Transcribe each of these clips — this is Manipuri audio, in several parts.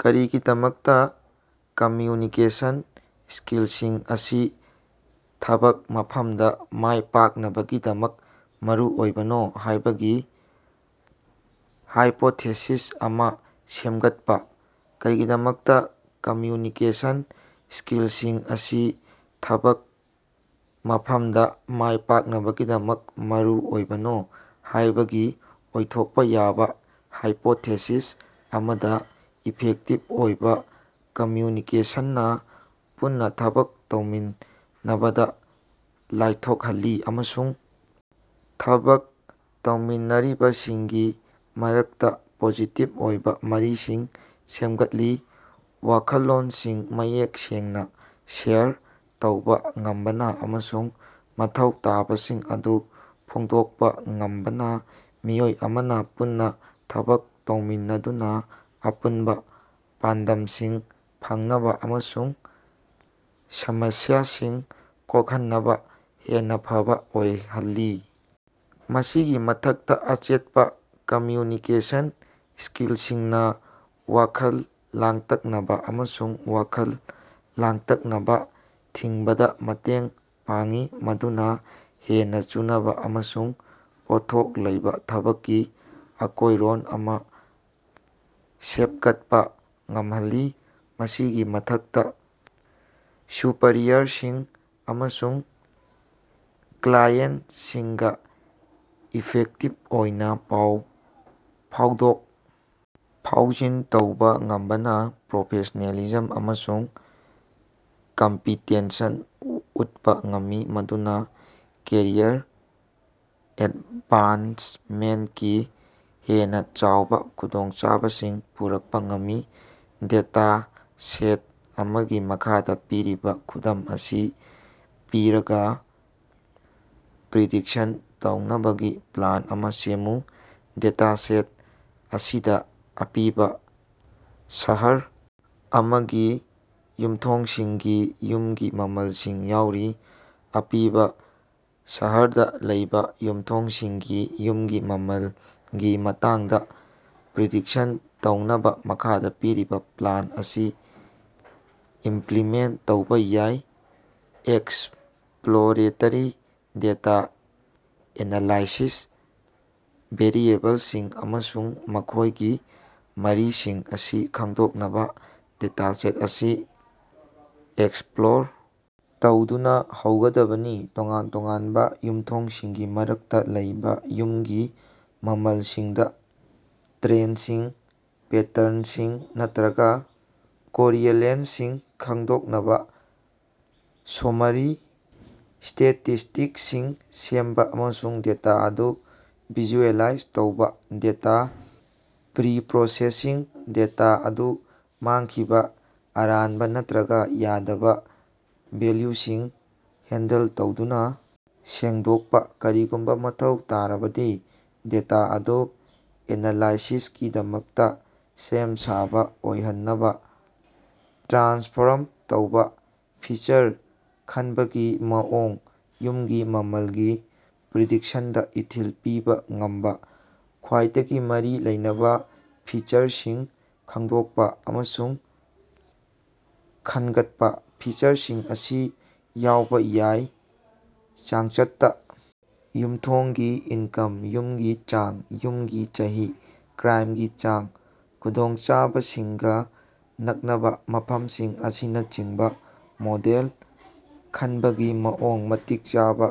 ꯀꯔꯤꯒꯤꯗꯃꯛꯇꯥ ꯀꯝꯃ꯭ꯌꯨꯅꯤꯀꯦꯁꯟ ꯁ꯭ꯀꯤꯜꯁꯤꯡ ꯑꯁꯤ ꯊꯕꯛ ꯃꯐꯝꯗꯥ ꯃꯥꯏꯄꯥꯛꯅꯕꯒꯤꯗꯃꯛ ꯃꯔꯨꯑꯣꯏꯕꯅꯣ ꯍꯥꯏꯕꯒꯤ ꯍꯥꯏꯄꯣꯊꯦꯁꯤꯁ ꯑꯃꯥ ꯁꯦꯝꯒꯠꯄꯥ꯫ ꯀꯔꯤꯒꯤꯗꯃꯛꯇꯥ ꯀꯝꯃ꯭ꯌꯨꯅꯤꯀꯦꯁꯟ ꯁ꯭ꯀꯤꯜꯁꯤꯡ ꯑꯁꯤ ꯊꯕꯛ ꯃꯐꯝꯗꯥ ꯃꯥꯏꯄꯥꯛꯅꯕꯒꯤꯗꯃꯛ ꯃꯔꯨꯑꯣꯏꯕꯅꯣ ꯍꯥꯏꯕꯒꯤ ꯑꯣꯏꯊꯣꯛꯄꯥ ꯌꯥꯕꯥ ꯍꯥꯏꯄꯣꯊꯦꯁꯤꯁ ꯑꯃꯗꯤ ꯏꯐꯦꯛꯇꯤꯚ ꯑꯣꯏꯕꯥ ꯀꯝꯃ꯭ꯌꯨꯅꯤꯀꯦꯁꯟꯅ ꯄꯨꯟꯅꯥ ꯊꯕꯛ ꯇꯧꯃꯤꯟꯅꯕꯗꯥ ꯂꯥꯏꯊꯣꯛꯍꯜꯂꯤ ꯑꯃꯁꯨꯡ ꯊꯕꯛ ꯇꯧꯃꯤꯟꯅꯔꯤꯕꯁꯤꯡꯒꯤ ꯃꯔꯛꯇꯥ ꯄꯣꯖꯤꯇꯤꯚ ꯑꯣꯏꯕꯥ ꯃꯔꯤꯁꯤꯡ ꯁꯦꯝꯒꯠꯂꯤ꯫ ꯋꯥꯈꯜꯂꯣꯟꯁꯤꯡ ꯃꯌꯦꯛ ꯁꯦꯡꯅꯥ ꯁꯦꯌꯔ ꯇꯧꯕꯥ ꯉꯝꯕꯅꯥ ꯑꯃꯁꯨꯡ ꯃꯊꯧ ꯇꯥꯕꯁꯤꯡ ꯑꯗꯨ ꯐꯣꯡꯗꯣꯛꯄꯥ ꯉꯝꯕꯅꯥ ꯃꯤꯑꯣꯏ ꯑꯃꯅꯥ ꯄꯨꯟꯅꯥ ꯊꯕꯛ ꯇꯧꯃꯤꯟꯅꯗꯨꯅꯥ ꯑꯄꯨꯟꯕꯥ ꯄꯥꯟꯗꯝꯁꯤꯡ ꯐꯪꯅꯕꯥ ꯑꯃꯁꯨꯡ ꯁꯃꯁ꯭ꯌꯥꯁꯤꯡ ꯀꯣꯛꯍꯟꯅꯕꯥ ꯍꯦꯟꯅꯥ ꯐꯕꯥ ꯑꯣꯏꯍꯜꯂꯤ꯫ ꯃꯁꯤꯒꯤ ꯃꯊꯛꯇꯥ ꯑꯆꯦꯠꯄꯥ ꯀꯝꯃ꯭ꯌꯨꯅꯤꯀꯦꯁꯟ ꯁ꯭ꯀꯤꯜꯁꯤꯡꯅꯥ ꯋꯥꯈꯜ ꯂꯥꯡꯇꯛꯅꯕꯥ ꯑꯃꯁꯨꯡ ꯋꯥꯈꯜ ꯂꯥꯡꯇꯛꯅꯕꯥ ꯊꯤꯡꯕꯗꯥ ꯃꯇꯦꯡ ꯄꯥꯡꯏ ꯃꯗꯨꯅꯥ ꯍꯦꯟꯅꯥ ꯆꯨꯅꯕꯥ ꯑꯃꯁꯨꯡ ꯄꯣꯠꯊꯣꯛ ꯂꯩꯕꯥ ꯊꯕꯛꯀꯤ ꯑꯀꯣꯏꯔꯣꯟ ꯑꯃꯥ ꯁꯦꯞꯒꯠꯄꯥ ꯉꯝꯍꯜꯂꯤ꯫ ꯃꯁꯤꯒꯤ ꯃꯊꯛꯇꯥ ꯁꯨꯄꯔꯤꯌꯔꯁꯤꯡ ꯑꯃꯁꯨꯡ ꯀ꯭ꯂꯥꯏꯑꯦꯟꯠꯁꯤꯡꯒꯥ ꯏꯐꯦꯛꯇꯤꯚ ꯑꯣꯏꯅꯥ ꯄꯥꯎ ꯐꯥꯎꯗꯣꯛ ꯐꯥꯎꯖꯤꯟ ꯇꯧꯕꯥ ꯉꯝꯕꯅꯥ ꯄ꯭ꯔꯣꯐꯦꯁꯅꯦꯂꯤꯖꯝ ꯑꯃꯁꯨꯡ ꯀꯝꯄꯤꯇꯦꯟꯁꯟ ꯎꯠꯄꯥ ꯉꯝꯃꯤ ꯃꯗꯨꯅꯥ ꯀꯦꯔꯤꯌꯔ ꯑꯦꯗꯚꯥꯟꯁꯃꯦꯟꯠꯀꯤ ꯍꯦꯟꯅꯥ ꯆꯥꯎꯕꯥ ꯈꯨꯗꯣꯡꯆꯥꯕꯁꯤꯡ ꯄꯨꯔꯛꯄꯥ ꯉꯝꯃꯤ꯫ ꯗꯦꯇꯥ ꯁꯦꯠ ꯑꯃꯒꯤ ꯃꯈꯥꯗꯥ ꯄꯤꯔꯤꯕꯥ ꯈꯨꯗꯝ ꯑꯁꯤ ꯄꯤꯔꯒꯥ ꯄ꯭ꯔꯤꯗꯤꯛꯁꯟ ꯇꯧꯅꯕꯒꯤ ꯄ꯭ꯂꯥꯟ ꯑꯃꯥ ꯁꯦꯝꯃꯨ꯫ ꯗꯦꯇꯥꯁꯦꯠ ꯑꯁꯤꯗꯥ ꯑꯄꯤꯕꯥ ꯁꯍꯔ ꯑꯃꯒꯤ ꯌꯨꯃꯊꯣꯡꯁꯤꯡꯒꯤ ꯌꯨꯝꯒꯤ ꯃꯃꯜꯁꯤꯡ ꯌꯥꯎꯔꯤ꯫ ꯑꯄꯤꯕꯥ ꯁꯍꯔꯗꯥ ꯂꯩꯕꯥ ꯌꯨꯝꯊꯣꯡꯁꯤꯡꯒꯤ ꯌꯨꯝꯒꯤ ꯃꯃꯜꯒꯤ ꯃꯇꯥꯡꯗꯥ ꯄ꯭ꯔꯤꯗꯤꯛꯁꯟ ꯇꯧꯅꯕꯥ ꯃꯈꯥꯗꯥ ꯄꯤꯔꯤꯕꯥ ꯄ꯭ꯂꯥꯟ ꯑꯁꯤ ꯏꯝꯄ꯭ꯂꯤꯃꯦꯟꯠ ꯇꯧꯕꯥ ꯌꯥꯏ ꯑꯦꯛꯁꯄ꯭ꯂꯣꯔꯦꯇꯦꯔꯤ ꯗꯦꯇꯥ ꯑꯦꯅꯥꯂꯥꯏꯁꯤꯁ ꯚꯦꯔꯤꯑꯦꯕꯜꯁꯤꯡ ꯑꯃꯁꯨꯡ ꯃꯈꯣꯏꯒꯤ ꯃꯔꯤꯁꯤꯡ ꯑꯁꯤ ꯈꯪꯗꯣꯛꯅꯕꯥ ꯗꯦꯇꯥꯁꯦꯠ ꯑꯁꯤ ꯑꯦꯛꯁꯄ꯭ꯂꯣꯔ ꯇꯧꯗꯨꯅꯥ ꯍꯧꯒꯗꯕꯅꯤ꯫ ꯇꯣꯉꯥꯟ ꯇꯣꯉꯥꯟꯕ ꯌꯨꯝꯊꯣꯡꯁꯤꯡꯒꯤ ꯃꯔꯛꯇꯥ ꯂꯩꯕꯥ ꯌꯨꯝꯒꯤ ꯃꯃꯜꯁꯤꯡꯗꯥ ꯇ꯭ꯔꯦꯟꯗꯁꯤꯡ ꯄꯦꯇꯔꯟꯁꯤꯡ ꯅꯠꯇ꯭ꯔꯒꯥ ꯀꯣꯔꯤꯑꯦꯂꯦꯁꯅꯁꯤꯡ ꯈꯪꯗꯣꯛꯅꯕꯥ ꯁꯣꯃꯥꯔꯤ ꯁ꯭ꯇꯦꯇꯤꯁ꯭ꯇꯤꯛꯁꯁꯤꯡ ꯁꯦꯝꯕꯥ ꯑꯃꯁꯨꯡ ꯗꯦꯇꯥ ꯑꯗꯨ ꯚꯤꯖꯨꯑꯦꯂꯥꯏꯖ ꯇꯧꯕꯥ꯫ ꯗꯦꯇꯥ ꯄ꯭ꯔꯤꯄ꯭ꯔꯣꯁꯦꯁꯤꯡ ꯗꯦꯇꯥ ꯑꯗꯨ ꯃꯥꯡꯈꯤꯕꯥ ꯑꯔꯥꯟꯕꯥ ꯅꯠꯇ꯭ꯔꯒꯥ ꯌꯥꯗꯕꯥ ꯚꯦꯜꯌꯨꯁꯤꯡ ꯍꯦꯟꯗꯜ ꯇꯧꯗꯨꯅꯥ ꯁꯦꯡꯗꯣꯛꯄꯥ꯫ ꯀꯔꯤꯒꯨꯝꯕꯥ ꯃꯊꯧ ꯇꯥꯔꯕꯗꯤ ꯗꯦꯇꯥ ꯑꯗꯨ ꯑꯦꯅꯥꯂꯥꯏꯁꯤꯁꯀꯤꯗꯃꯛꯇꯥ ꯁꯦꯝ ꯁꯥꯕꯥ ꯑꯣꯏꯍꯟꯅꯕꯥ ꯇ꯭ꯔꯥꯟꯁꯐꯣꯔꯝ ꯇꯧ꯫ ꯐꯤꯆꯔ ꯈꯅꯕꯒꯤ ꯃꯑꯣꯡ ꯌꯨꯝꯒꯤ ꯃꯃꯜꯒꯤ ꯄ꯭ꯔꯤꯗꯤꯛꯁꯟꯗꯥ ꯏꯊꯤꯜ ꯄꯤꯕꯥ ꯉꯝꯕꯥ ꯈ꯭ꯋꯥꯏꯗꯒꯤ ꯃꯔꯤ ꯂꯩꯅꯕꯥ ꯐꯤꯆꯔꯁꯤꯡ ꯈꯪꯗꯣꯛꯄꯥ ꯑꯃꯁꯨꯡ ꯈꯟꯒꯠꯄꯥ꯫ ꯐꯤꯆꯔꯁꯤꯡ ꯑꯁꯤ ꯌꯥꯎꯕꯥ ꯌꯥꯏ ꯆꯥꯡꯆꯠꯇꯥ ꯌꯨꯝꯊꯣꯡꯒꯤ ꯏꯟꯀꯝ ꯌꯨꯝꯒꯤ ꯆꯥꯡ ꯌꯨꯝꯒꯤ ꯆꯍꯤ ꯀ꯭ꯔꯥꯏꯝꯒꯤ ꯆꯥꯡ ꯈꯨꯗꯣꯡꯆꯥꯕꯁꯤꯡꯒꯥ ꯅꯛꯅꯕꯥ ꯃꯐꯝꯁꯤꯡ ꯑꯁꯤꯅꯆꯤꯡꯕꯥ ꯃꯣꯗꯦꯜ ꯈꯟꯕꯒꯤ ꯃꯑꯣꯡ ꯃꯇꯤꯛ ꯆꯥꯕꯥ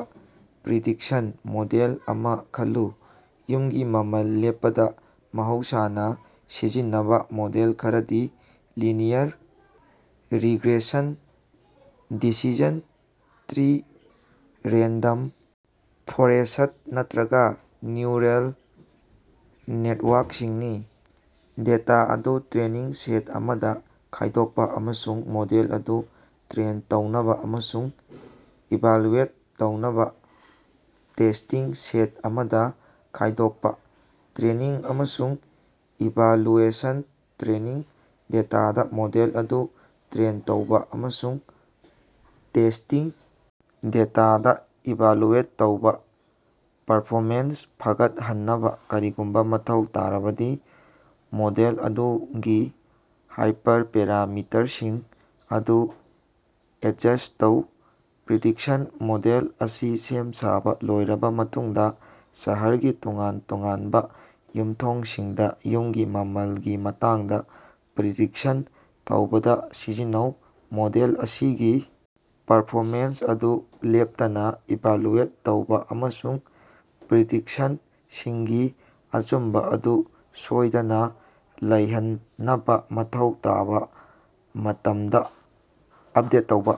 ꯄ꯭ꯔꯤꯗꯤꯛꯁꯟ ꯃꯣꯗꯦꯜ ꯑꯃꯥ ꯈꯜꯂꯨ꯫ ꯌꯨꯝꯒꯤ ꯃꯃꯜ ꯂꯦꯞꯄꯗꯥ ꯃꯍꯧꯁꯥꯅꯥ ꯁꯤꯖꯤꯟꯅꯕꯥ ꯃꯣꯗꯦꯜ ꯈꯔꯗꯤ linear regression decision tree random forest ꯅꯠꯇ꯭ꯔꯒꯥ ꯅ꯭ꯌꯨꯔꯜ ꯅꯦꯇꯋꯥꯔꯛꯁꯤꯡꯅꯤ꯫ ꯗꯦꯇꯥ ꯑꯗꯨ ꯇ꯭ꯔꯦꯅꯤꯡ ꯁꯦꯠ ꯑꯃꯗꯥ ꯈꯥꯏꯗꯣꯛꯄꯥ ꯑꯃꯁꯨꯡ ꯃꯣꯗꯦꯜ ꯑꯗꯨ ꯇ꯭ꯔꯦꯟ ꯇꯧꯅꯕꯥ ꯑꯃꯁꯨꯡ ꯏꯚꯥꯜꯌꯨꯑꯦꯠ ꯇꯧꯅꯕꯥ ꯇꯦꯁ꯭ꯇꯤꯡ ꯁꯦꯠ ꯑꯃꯗꯥ ꯈꯥꯏꯗꯣꯛꯄꯥ꯫ ꯇ꯭ꯔꯦꯅꯤꯡ ꯑꯃꯁꯨꯡ ꯏꯚꯥꯂꯨꯑꯦꯁꯟ ꯇ꯭ꯔꯦꯅꯤꯡ ꯗꯦꯇꯥꯗꯥ ꯃꯣꯗꯦꯜ ꯑꯗꯨ ꯇ꯭ꯔꯦꯟ ꯇꯧꯕꯥ ꯑꯃꯁꯨꯡ ꯇꯦꯁ꯭ꯇꯤꯡ ꯗꯦꯇꯥꯗꯥ ꯏꯚꯥꯂꯨꯑꯦꯠ ꯇꯧꯕꯥ꯫ ꯄꯔꯐꯣꯃꯦꯟꯁ ꯐꯒꯠꯍꯟꯅꯕꯥ ꯀꯔꯤꯒꯨꯝꯕꯥ ꯃꯊꯧ ꯇꯥꯔꯕꯗꯤ ꯃꯣꯗꯦꯜ ꯑꯗꯨꯒꯤ ꯍꯥꯏꯄꯔꯄꯦꯔꯥꯃꯤꯇꯔꯁꯤꯡ ꯑꯗꯨ ꯑꯦꯗꯖꯁ꯭ꯠ ꯇꯧ꯫ ꯄ꯭ꯔꯤꯗꯤꯛꯁꯟ ꯃꯣꯗꯦꯜ ꯑꯁꯤ ꯁꯦꯝ ꯁꯥꯕꯥ ꯂꯣꯏꯔꯕꯥ ꯃꯇꯨꯡꯗꯥ ꯁꯍꯔꯒꯤ ꯇꯣꯉꯥꯟ ꯇꯣꯉꯥꯟꯕꯥ ꯌꯨꯝꯊꯣꯡꯁꯤꯡꯗꯥ ꯌꯨꯝꯒꯤ ꯃꯃꯜꯒꯤ ꯃꯇꯥꯡꯗꯥ ꯄ꯭ꯔꯤꯗꯤꯛꯁꯟ ꯇꯧꯕꯗꯥ ꯁꯤꯖꯤꯟꯅꯧ꯫ ꯃꯣꯗꯦꯜ ꯑꯁꯤꯒꯤ ꯄꯔꯐꯣꯃꯦꯟꯁ ꯑꯗꯨ ꯂꯦꯞꯇꯅꯥ ꯏꯚꯥꯂꯨꯑꯦꯠ ꯇꯧꯕꯥ ꯑꯃꯁꯨꯡ ꯄ꯭ꯔꯤꯗꯤꯛꯁꯟꯁꯤꯡꯒꯤ ꯑꯆꯨꯝꯕꯥ ꯑꯗꯨ ꯁꯣꯏꯗꯅꯥ ꯂꯩꯍꯟꯅꯕꯥ ꯃꯊꯧ ꯇꯥꯕꯥ ꯃꯇꯝꯗꯥ ꯑꯞꯗꯦꯠ ꯇꯧꯕꯥ꯫